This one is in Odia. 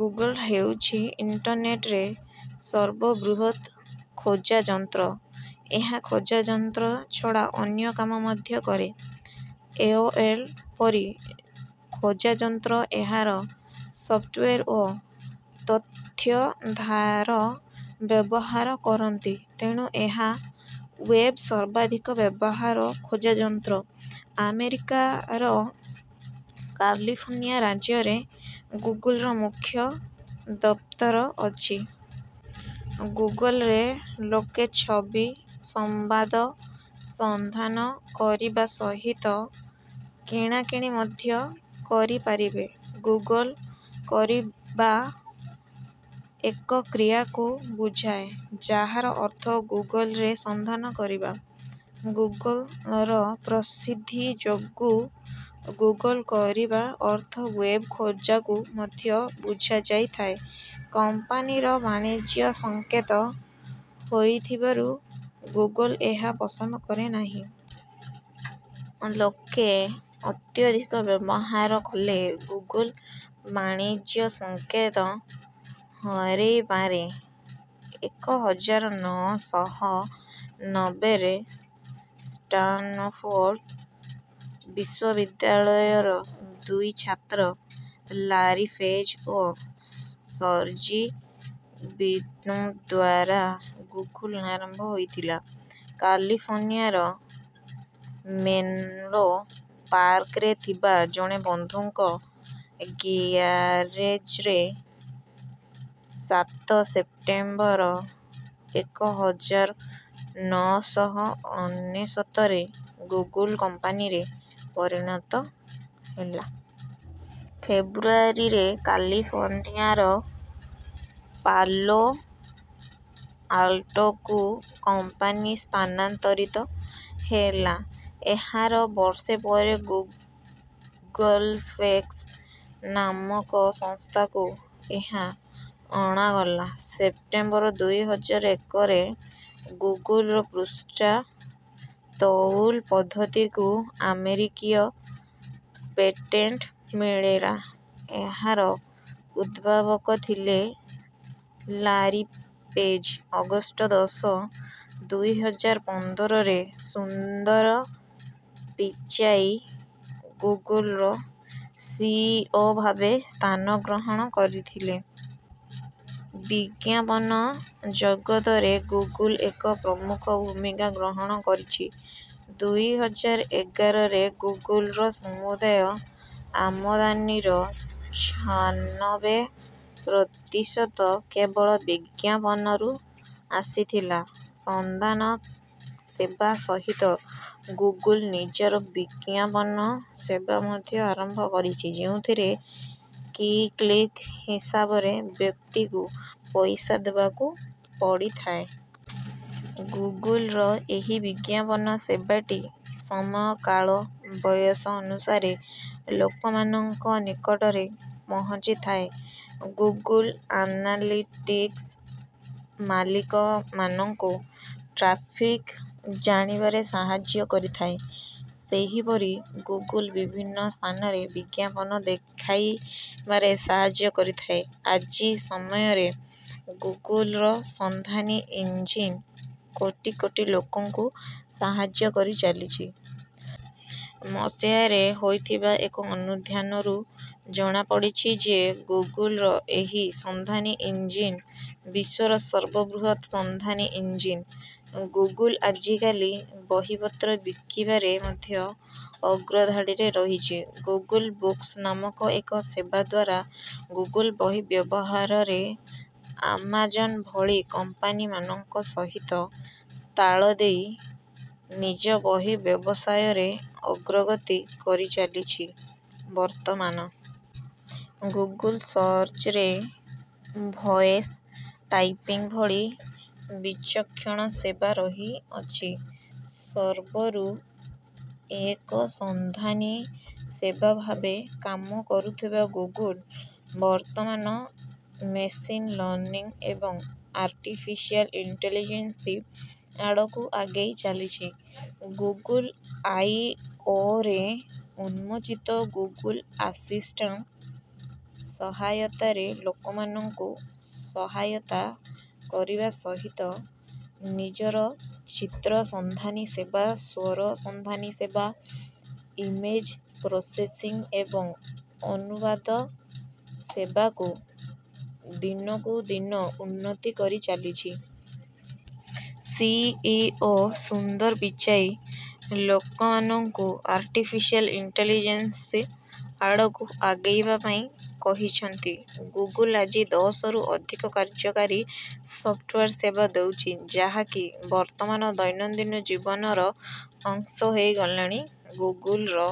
ଗୁଗଲ ହେଉଛି ଇଣ୍ଟରନେଟରେ ସର୍ବବୃହତ ଖୋଜାଯନ୍ତ୍ର। ଏହା ଖୋଜାଯନ୍ତ୍ର ଛଡ଼ା ଅନ୍ୟ କାମ ମଧ୍ୟ କରେ। ଏଓଏଲ୍ ପରି ଖୋଜାଯନ୍ତ୍ର ଏହାର ସଫ୍ଟୱେର୍ ଓ ତଥ୍ୟାଧାର ବ୍ୟବହାର କରନ୍ତି। ତେଣୁ ଏହା ୱେବ୍ର ସର୍ବାଧିକ ବ୍ୟବହୃତ ଖୋଜାଯନ୍ତ୍ର। ଆମେରିକାର କାଲିଫର୍ନିଆ ରାଜ୍ୟରେ ଗୁଗଲର ମୁଖ୍ୟ ଦପ୍ତର ଅଛି। ଗୁଗଲରେ ଲୋକେ ଛବି, ସମ୍ବାଦ ସନ୍ଧାନ କରିବା ସହିତ କିଣାକିଣି ମଧ୍ୟ କରିପାରିବେ। ଗୁଗଲ କରିବା ଏକ କ୍ରିୟାକୁ ବୁଝାଏ, ଯାହାର ଅର୍ଥ ଗୁଗଲରେ ସନ୍ଧାନ କରିବା। ଗୁଗଲର ପ୍ରସିଦ୍ଧି ଯୋଗୁ, ଗୁଗଲ କରିବା ଅର୍ଥ ୱେବ୍ ଖୋଜାକୁ ମଧ୍ୟ ବୁଝାଇଥାଏ। କମ୍ପାନୀର ବାଣିଜ୍ୟସଂକେତ ହୋଇଥିବାରୁ ଗୁଗଲ ଏହା ପସନ୍ଦ କରେ ନାହିଁ। ଲୋକେ ଅତ୍ୟଧିକ ବ୍ୟବହାର କଲେ ଗୁଗଲ ବାଣିଜ୍ୟସଂକେତ ହରେଇପାରେ। ଏକ ହଜାର ନଅ ଶହ ନବେରେ ଷ୍ଟାନ୍ଫୋର୍ଡ଼୍ ବିଶ୍ୱବିଦ୍ୟାଳୟର ଦୁଇ ଛାତ୍ର ଲାରୀ ପେଜ୍ ଓ ସର୍ଜି ବ୍ରିନ୍ଙ୍କ ଦ୍ୱାରା ଗୁଗଲ ଆରମ୍ଭ ହୋଇଥିଲା। କାଲିଫର୍ନିଆର ମେନ୍ଲୋ ପାର୍କରେ ଥିବା ଜଣେ ବନ୍ଧୁଙ୍କ ଗ୍ୟାରେଜ୍ରେ ସାତ ସେପ୍ଟେମ୍ବର, ଏକ ହଜାର ନଅ ଶହ ଅନେଶତରେ ଗୁଗଲ କମ୍ପାନୀରେ ପରିଣତ ହେଲା। ଫେବ୍ରୁଆରୀରେ କାଲିଫର୍ନିଆର ପାଲୋ ଆଲ୍ଟୋକୁ କମ୍ପାନୀ ସ୍ଥାନାନ୍ତରିତ ହେଲା। ଏହାର ବର୍ଷେ ପରେ ଗୁଗଲ୍ପ୍ଲେକ୍ସ ନାମକ ସ୍ଥାନକୁ ଏହା ଅଣାଗଲା। ସେପ୍ଟେମ୍ବର ଦୁଇ ହଜାର ଏକରେ ଗୁଗଲର ପୃଷ୍ଠା ତଉଲ ପଦ୍ଧତିକୁ ଆମେରିକୀୟ ପେଟେଣ୍ଟ ମିଳିଲା। ଏହାର ଉଦ୍ଭାବକ ଥିଲେ ଲାରୀ ପେଜ୍। ଅଗଷ୍ଟ ଦଶ, ଦୁଇ ହଜାର ପନ୍ଦରରେ ସୁନ୍ଦର ପିଚାଇ ଗୁଗଲର ସିଇଓ ଭାବେ ସ୍ଥାନ ଗ୍ରହଣ କରିଥିଲେ। ବିଜ୍ଞାପନ ଜଗତରେ ଗୁଗଲ ଏକ ପ୍ରମୁଖ ଭୂମିକା ଗ୍ରହଣ କରିଛି। ଦୁଇ ହଜାର ଏଗାରରେ ଗୁଗଲର ସମୁଦାୟ ଆମଦାନିର ଛାନବେ ପ୍ରତିଶତ କେବଳ ବିଜ୍ଞାପନରୁ ଆସିଥିଲା। ସନ୍ଧାନ ସେବା ସହିତ ଗୁଗଲ ନିଜର ବିଜ୍ଞାପନ ସେବା ମଧ୍ୟ ଆରମ୍ଭ କରିଛି, ଯେଉଁଥିରେ କି କ୍ଲିକ୍ ହିସାବରେ ବ୍ୟକ୍ତିକୁ ପଇସା ଦେବାକୁ ପଡ଼ିଥାଏ। ଗୁଗଲର ଏହି ବିଜ୍ଞାପନ ସେବାଟି ସମୟ, କାଳ, ବୟସ ଅନୁସାରେ ଲୋକମାନଙ୍କ ନିକଟରେ ପହଞ୍ଚିଥାଏ। ଗୁଗଲ ଆନାଲିଟିକ୍ସ, ମାଲିକମାନଙ୍କୁ ଟ୍ରାଫିକ୍ ଜାଣିବାରେ ସାହାଯ୍ୟ କରିଥାଏ। ସେହିପରି ଗୁଗଲ ବିଭିନ୍ନ ସ୍ଥାନରେ ବିଜ୍ଞାପନ ଦେଖାଇବାରେ ସାହାଯ୍ୟ କରିଥାଏ। ଆଜି ସମୟରେ ଗୁଗଲର ସନ୍ଧାନୀ ଇଞ୍ଜିନ୍ କୋଟି କୋଟି ଲୋକଙ୍କୁ ସାହାଯ୍ୟ କରି ଚାଲିଛି। ମସିହାରେ ହୋଇଥିବା ଏକ ଅନୁଧ୍ୟାନରୁ ଜଣାପଡ଼ିଛି ଯେ ଗୁଗଲର ଏହି ସନ୍ଧାନୀ ଇଞ୍ଜିନ୍ ବିଶ୍ୱର ସର୍ବବୃହତ ସନ୍ଧାନୀ ଇଞ୍ଜିନ୍। ଗୁଗଲ ଆଜିକାଲି ବହିପତ୍ର ବିକିବାରେ ମଧ୍ୟ ଅଗ୍ରଧାଡ଼ିରେ ରହିଅଛି। ଗୁଗଲ ବୁକ୍ସ ନାମକ ଏକ ସେବା ଦ୍ୱାରା ଗୁଗଲ ବହି ବ୍ୟବସାୟରେ ଆମାଜନ୍ ଭଳି କମ୍ପାନୀମାନଙ୍କ ସହିତ ତାଳ ଦେଇ, ନିଜ ବହି ବ୍ୟବସାୟରେ ଅଗ୍ରଗତି କରି ଚାଲିଛି। ବର୍ତ୍ତମାନ ଗୁଗଲ ସର୍ଚ୍ଚରେ ଭଏସ୍ ଟାଇପିଂ ଭଳି ବିଚକ୍ଷଣ ସେବା ରହିଅଛି। ପୂର୍ବରୁ ଏକ ସନ୍ଧାନୀ ସେବା ଭାବେ କାମ କରୁଥିବା ଗୁଗଲ, ବର୍ତ୍ତମାନ ମେସିନ୍ ଲର୍ନିଂ ଏବଂ ଆର୍ଟିଫିସିଆଲ୍ ଇଣ୍ଟେଲିଜେନ୍ସ ଆଡ଼କୁ ଆଗେଇ ଚାଲିଛି। ଗୁଗଲ ଆଇ ଓରେ ଉନ୍ମୋଚିତ ଗୁଗଲ ଆସିଷ୍ଟାଣ୍ଟ ସହାୟତାରେ ଲୋକମାନଙ୍କୁ ସହାୟତା କରିବା ସହିତ, ନିଜର ଚିତ୍ର ସନ୍ଧାନୀ ସେବା, ସ୍ୱର ସନ୍ଧାନୀ ସେବା, ଇମେଜ୍ ପ୍ରୋସେସିଂ ଏବଂ ଅନୁବାଦ ସେବାକୁ ଦିନକୁ ଦିନ ଉନ୍ନତ କରିଚାଲିଛି। ସିଇଓ ସୁନ୍ଦର ପିଚାଇ ଲୋକମାନଙ୍କୁ ଆର୍ଟିଫିସିଆଲ୍ ଇଣ୍ଟେଲିଜେନ୍ସ ଆଡ଼କୁ ଆଗେଇବା ପାଇଁ କହିଛନ୍ତି। ଗୁଗଲ ଆଜି ଦଶରୁ ଅଧିକ କାର୍ଯ୍ୟକାରୀ ସଫ୍ଟୱେର୍ ସେବା ଦେଉଛି, ଯାହାକି ବର୍ତ୍ତମାନ ଦୈନନ୍ଦିନ ଜୀବନର ଅଂଶ ହୋଇଗଲାଣି। ଗୁଗଲର